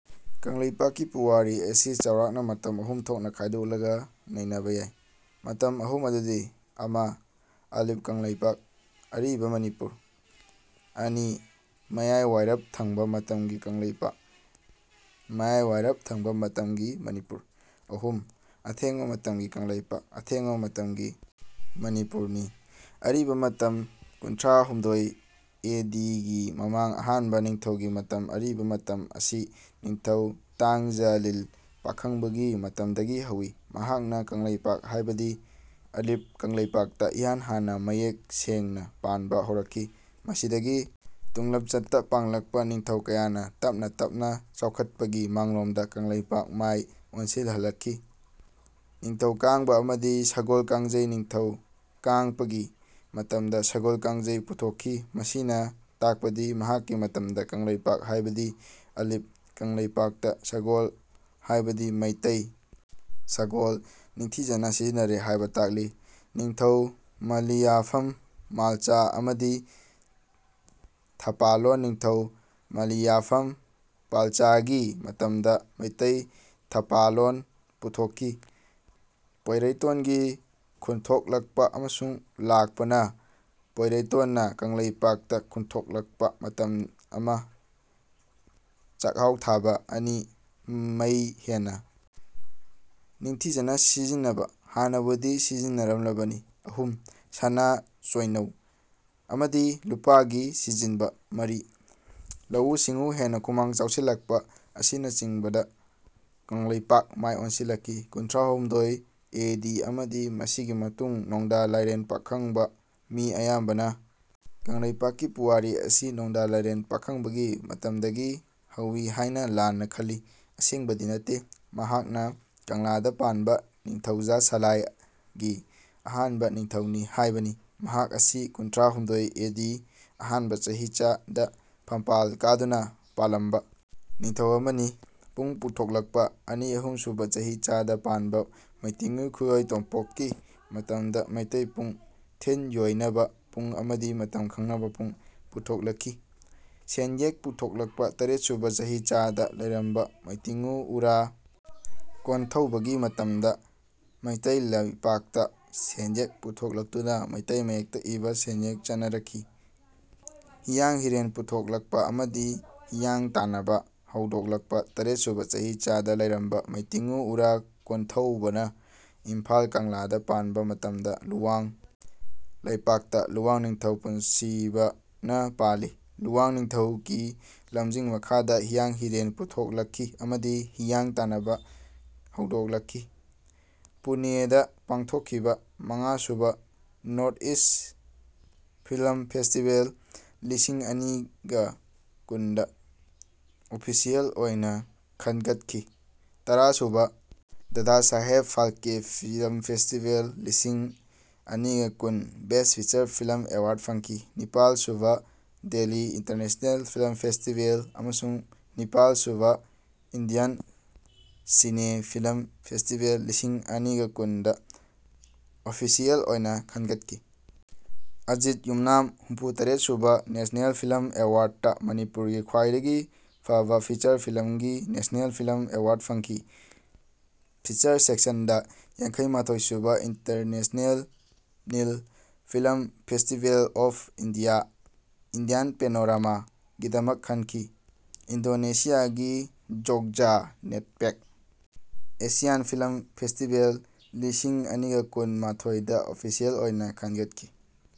ꯀꯪꯂꯩꯄꯥꯛꯀꯤ ꯄꯨꯋꯥꯔꯤ ꯑꯁꯤ ꯆꯥꯎꯔꯥꯛꯅ ꯃꯇꯝ ꯑꯍꯨꯝ ꯊꯣꯛꯅ ꯈꯥꯏꯗꯣꯛꯂꯒ ꯅꯩꯅꯕ ꯌꯥꯏ꯫ ꯃꯇꯝ ꯑꯍꯨꯝ ꯑꯗꯨꯗꯤ: ꯑꯃ) ꯑꯂꯤꯄ ꯀꯪꯂꯩꯄꯥꯛ (ꯑꯔꯤꯕ ꯃꯅꯤꯄꯨꯔ) ꯑꯅꯤ) ꯃꯌꯥꯏꯋꯥꯏꯔꯞ ꯊꯪꯕ ꯃꯇꯝꯒꯤ ꯀꯪꯂꯩꯄꯥꯛ (ꯃꯌꯥꯏꯋꯥꯏꯔꯞ ꯊꯪꯕ ꯃꯇꯝꯒꯤ ꯃꯅꯤꯄꯨꯔ) ꯑꯍꯨꯝ) ꯑꯊꯦꯡꯕ ꯃꯇꯝꯒꯤ ꯀꯪꯂꯩꯄꯥꯛ (ꯑꯊꯦꯡꯕ ꯃꯇꯝꯒꯤ ꯃꯅꯤꯄꯨꯔ)ꯅꯤ꯫ ꯑꯔꯤꯕ ꯃꯇꯝ ꯀꯨꯟꯊ꯭ꯔꯥ ꯍꯨꯝꯗꯣꯏ ꯑꯦ ꯗꯤ ꯒꯤ ꯃꯃꯥꯡ ꯑꯍꯥꯟꯕ ꯅꯤꯡꯊꯧꯒꯤ ꯃꯇꯝ ꯑꯔꯤꯕ ꯃꯇꯝ ꯑꯁꯤ ꯅꯤꯡꯊꯧ ꯇꯥꯡꯖ ꯂꯤꯂ ꯄꯥꯈꯪꯕꯒꯤ ꯃꯇꯝꯗꯒꯤ ꯍꯧꯏ꯫ ꯃꯍꯥꯛꯅ ꯀꯪꯂꯩꯄꯥꯛ ꯍꯥꯢꯕꯗꯤ ꯑꯂꯤꯄ ꯀꯪꯂꯩꯄꯥꯛꯇ ꯏꯍꯥꯟ ꯍꯥꯟꯅ ꯃꯌꯦꯛ ꯁꯦꯡꯅ ꯄꯥꯟꯕ ꯍꯧꯔꯛꯈꯤ꯫ ꯃꯁꯤꯗꯒꯤ ꯇꯨꯡꯂꯝꯆꯠꯇ ꯄꯥꯜꯂꯛꯄ ꯅꯤꯡꯊꯧ ꯀꯌꯥꯅ ꯇꯞꯅ ꯇꯞꯅ ꯆꯥꯎꯈꯠꯄꯒꯤ ꯃꯥꯡꯂꯣꯝꯗ ꯀꯪꯂꯩꯄꯥꯛ ꯃꯥꯏ ꯑꯣꯟꯁꯤꯜꯍꯟꯂꯛꯈꯤ꯫ ꯅꯤꯡꯊꯧ ꯀꯥꯡꯕ ꯑꯃꯗꯤ ꯁꯒꯣꯜ ꯀꯥꯡꯖꯩ ꯅꯤꯡꯊꯧ ꯀꯥꯡꯄꯒꯤ ꯃꯇꯝꯗ ꯁꯒꯣꯜ ꯀꯥꯡꯖꯩ ꯄꯨꯊꯣꯛꯈꯤ꯫ ꯃꯁꯤꯅ ꯇꯥꯛꯄꯗꯤ ꯃꯍꯥꯛꯀꯤ ꯃꯇꯝꯗ ꯀꯪꯂꯩꯄꯥꯛ ꯍꯥꯏꯕꯗꯤ ꯑꯂꯤꯄ ꯀꯪꯂꯩꯄꯥꯛꯇ ꯁꯒꯣꯜ ꯍꯥꯏꯕꯗꯤ ꯃꯩꯇꯩ ꯁꯒꯣꯜ ꯅꯤꯡꯊꯤꯖꯅ ꯁꯤꯖꯤꯟꯅꯔꯦ ꯍꯥꯏꯕ ꯇꯥꯛꯂꯤ꯫ ꯅꯤꯡꯊꯧ ꯃꯂꯤꯌꯥꯐꯝ ꯄꯥꯜꯆꯥ ꯑꯃꯗꯤ ꯊꯥꯄꯥꯂꯣꯟ ꯅꯤꯡꯊꯧ ꯃꯂꯤꯌꯥꯐꯝ ꯄꯥꯜꯆꯥꯒꯤ ꯃꯇꯝꯗ ꯃꯤꯇꯩ ꯊꯄꯥꯂꯣꯟ ꯄꯨꯊꯣꯛꯈꯤ꯫ ꯄꯣꯏꯔꯩꯇꯣꯟ ꯒꯤ ꯈꯨꯟꯊꯣꯛꯂꯛꯄ ꯑꯁꯨꯝ ꯂꯥꯛꯄꯅ ꯄꯣꯏꯔꯩꯇꯣꯟꯅ ꯀꯪꯂꯩꯄꯥꯛ ꯇ ꯈꯨꯟꯊꯣꯛꯂꯛꯄ ꯃꯇꯝꯗ ꯑꯃ) ꯆꯥꯛꯍꯥꯎ ꯊꯥꯕ, ꯑꯅꯤ) ꯃꯩ ꯍꯦꯟꯅ ꯅꯤꯡꯊꯤꯖꯅ ꯁꯤꯖꯤꯟꯕ (ꯍꯥꯟꯅꯕꯨꯗꯤ ꯁꯤꯖꯤꯟꯅꯔꯝꯂꯕꯅꯤ), ꯑꯍꯨꯝ) ꯁꯅꯥ (ꯆꯣꯏꯅꯧ) ꯑꯃꯗꯤ ꯂꯨꯄꯥ ꯒꯤ ꯁꯤꯖꯤꯟꯕ, ꯃꯔꯤ) ꯂꯧꯎ ꯁꯤꯡꯎ ꯍꯦꯟꯅ ꯈꯨꯃꯥꯡ ꯆꯥꯎꯁꯤꯟꯂꯛꯄ ꯑꯁꯤꯅꯆꯤꯡꯕꯗ ꯀꯪꯂꯩꯄꯥꯛ ꯃꯥꯏ ꯑꯣꯟꯁꯤꯜꯂꯛꯈꯤ꯫ ꯀꯨꯟꯊ꯭ꯔꯥ ꯍꯨꯝꯗꯣꯏ ꯑꯦ ꯗꯤ ꯑꯃꯗꯤ ꯃꯁꯤꯒꯤ ꯃꯇꯨꯡ ꯅꯣꯡꯗꯥ ꯂꯥꯏꯔꯦꯟ ꯄꯥꯈꯪꯕ ꯃꯤ ꯑꯌꯥꯝꯕꯅ ꯀꯪꯂꯩꯄꯥꯛꯀꯤ ꯄꯨꯋꯥꯔꯤ ꯑꯁꯤ ꯅꯣꯡꯗꯥ ꯂꯥꯏꯔꯦꯟ ꯄꯥꯈꯪꯕꯒꯤ ꯃꯇꯝꯗꯒꯤ ꯍꯧꯏ ꯍꯥꯏꯅ ꯂꯥꯟꯅ ꯈꯜꯂꯤ꯫ ꯑꯁꯦꯡꯕꯗꯤ ꯅꯠꯇꯦ꯫ ꯃꯍꯥꯛꯅ ꯀꯪꯂꯥꯗ ꯄꯥꯟꯕ ꯅꯤꯡꯊꯧꯖꯥ ꯁꯂꯥꯏꯒꯤ ꯑꯍꯥꯟꯕ ꯅꯤꯡꯊꯧꯅꯤ ꯍꯥꯏꯕꯅꯤ꯫ ꯃꯍꯥꯛ ꯑꯁꯤ ꯀꯨꯟꯊ꯭ꯔꯥ ꯍꯨꯝꯗꯣꯏ ꯑꯦ ꯗꯤ (ꯑꯍꯥꯟꯕ ꯆꯍꯤꯆꯥ) ꯗ ꯐꯝꯄꯥꯜ ꯀꯥꯗꯨꯅ ꯄꯥꯂꯝꯕ ꯅꯤꯡꯊꯧ ꯑꯃꯅꯤ꯫ ꯄꯨꯡ ꯄꯨꯊꯣꯛꯂꯛꯄ ꯑꯅꯤ - ꯑꯍꯨꯝ ꯁꯨꯕ ꯆꯍꯤꯆꯥ ꯗ ꯄꯥꯟꯕ ꯃꯩꯇꯤꯡꯉꯨ ꯈꯨꯌꯣꯏ ꯇꯣꯝꯄꯣꯛꯒꯤ ꯃꯇꯝꯗ ꯃꯤꯇꯩ ꯄꯨꯡ (ꯊꯤꯟ-ꯌꯦꯏꯅꯕ ꯄꯨꯡ ꯑꯃꯗꯤ ꯃꯇꯝ ꯈꯪꯅꯕ ꯄꯨꯡ) ꯄꯨꯊꯣꯛꯂꯛꯈꯤ꯫ ꯁꯦꯟꯌꯦꯛ ꯄꯨꯊꯣꯛꯂꯛꯄ ꯇꯔꯦꯠ ꯁꯨꯕ ꯆꯍꯤꯆꯥ ꯗ ꯂꯩꯔꯝꯕ ꯃꯩꯇꯤꯡꯉꯨ ꯎꯔꯥ ꯀꯣꯟꯊꯧꯕ ꯒꯤ ꯃꯇꯝꯗ ꯃꯩꯇꯩ ꯂꯩꯄꯥꯛꯇ ꯁꯦꯟꯌꯦꯛ ꯄꯨꯊꯣꯛꯂꯛꯇꯨꯅ ꯃꯤꯇꯩ ꯃꯌꯦꯛꯇ ꯏꯕ ꯁꯦꯟꯌꯦꯛ ꯆꯠꯅꯔꯛꯈꯤ꯫ ꯍꯤꯌꯥꯡ ꯍꯤꯔꯦꯟ ꯄꯨꯊꯣꯛꯂꯛꯄ ꯑꯃꯗꯤ ꯍꯤꯌꯥꯡ ꯇꯥꯟꯅꯕ ꯍꯧꯗꯣꯛꯂꯛꯄ ꯇꯔꯦꯠ ꯁꯨꯕ ꯆꯍꯤꯆꯥ ꯗ ꯂꯩꯔꯝꯕ ꯃꯩꯇꯤꯡꯉꯨ ꯎꯔꯥ ꯀꯣꯟꯊꯧꯕ ꯅ ꯏꯝꯐꯥꯜ ꯀꯪꯂꯥꯗ ꯄꯥꯟꯕ ꯃꯇꯝꯗ ꯂꯨꯋꯥꯡ ꯂꯩꯄꯥꯛꯇ ꯂꯨꯋꯥꯡ ꯅꯤꯡꯊꯧ ꯄꯨꯟꯁꯤꯕ ꯅ ꯄꯥꯜꯂꯤ꯫ ꯂꯨꯋꯥꯡ ꯅꯤꯡꯊꯧ ꯀꯤ ꯂꯝꯖꯤꯡ ꯃꯈꯥꯗ ꯍꯤꯌꯥꯡ ꯍꯤꯔꯦꯟ ꯄꯨꯊꯣꯛꯂꯛꯈꯤ ꯑꯃꯗꯤ ꯍꯤꯌꯥꯡ ꯇꯥꯟꯅꯕ ꯍꯧꯗꯣꯛꯂꯛꯈꯤ꯫ ꯄꯨꯅꯦꯗ ꯄꯥꯡꯊꯣꯛꯈꯤꯕ ꯃꯉꯥ ꯁꯨꯕ ꯅꯣꯔ꯭ꯊ-ꯏꯁ꯭ꯠ ꯐꯤꯜꯝ ꯐꯦꯁꯇꯤꯚꯦꯜ ꯂꯤꯁꯤꯡ ꯑꯅꯤꯒ ꯀꯨꯟꯗ ꯑꯣꯐꯤꯁ꯭ꯌꯦꯜ ꯑꯣꯏꯅ ꯈꯟꯒꯠꯈꯤ꯫ ꯇꯔꯥ ꯁꯨꯕ ꯗꯥꯗꯥ ꯁꯥꯍꯦꯕ ꯐꯥꯜꯀꯦ ꯐꯤꯜꯝ ꯐꯦꯁꯇꯤꯚꯦꯜ ꯂꯤꯁꯤꯡ ꯑꯅꯤꯒ ꯀꯨꯟꯗ ꯕꯦꯁ꯭ꯠ ꯐꯤꯆꯔ ꯐꯤꯜꯝ ꯑꯦꯋꯥꯔ꯭ꯗ ꯐꯪꯈꯤ꯫ ꯅꯤꯄꯥꯜ ꯁꯨꯕ ꯗꯦꯜꯂꯤ ꯏꯟꯇꯔꯅꯦꯁꯅꯦꯜ ꯐꯤꯜꯝ ꯐꯦꯁꯇꯤꯚꯦꯜ ꯑꯃꯁꯨꯡ ꯅꯤꯄꯥꯜ ꯁꯨꯕ ꯏꯟꯗꯤꯌꯟ ꯁꯤꯅꯦ ꯐꯤꯜꯝ ꯐꯦꯁꯇꯤꯚꯦꯜ ꯂꯤꯁꯤꯡ ꯑꯅꯤꯒ ꯀꯨꯟ ꯗ ꯑꯣꯐꯤꯁꯤꯌꯦꯜ ꯑꯣꯏꯅ ꯈꯟꯒꯠꯈꯤ꯫ ꯑꯖꯤꯠ ꯌꯨꯝꯅꯥꯝ ꯍꯨꯝꯐꯨ ꯇꯔꯦꯠ ꯁꯨꯕ ꯅꯦꯁꯅꯦꯜ ꯐꯤꯜꯝ ꯑꯦꯋꯥꯔ꯭ꯗꯁꯇ ꯃꯅꯤꯄꯨꯔꯒꯤ ꯈ꯭ꯋꯥꯏꯗꯒꯤ ꯐꯕ ꯐꯤꯆꯔ ꯐꯤꯜꯝꯒꯤ ꯅꯦꯁꯅꯦꯜ ꯐꯤꯜꯝ ꯑꯦꯋꯥꯔ꯭ꯗ ꯐꯪꯈꯤ꯫ ꯐꯤꯆꯔ ꯁꯦꯛꯁꯟꯗ ꯌꯥꯡꯈꯩ ꯃꯥꯊꯣꯏ ꯁꯨꯕ international film festival of India (Indian panorama) ꯒꯤꯗꯃꯛ ꯈꯟꯈꯤ꯫ ꯏꯟꯗꯣꯅꯦꯁꯤꯌꯥꯒꯤ ꯖꯣꯒꯖꯥ-ꯅꯦꯠꯄꯦꯛ ꯑꯦꯁꯤꯌꯥꯟ ꯐꯤꯜꯝ ꯐꯦꯁꯇꯤꯚꯜ ꯂꯤꯁꯤꯡ ꯑꯅꯤꯒ ꯀꯨꯟ ꯃꯥꯊꯣꯏꯗ ꯑꯣꯐꯤꯁꯤꯌꯦꯜ ꯑꯣꯏꯅ ꯈꯟꯒꯠꯈꯤ꯫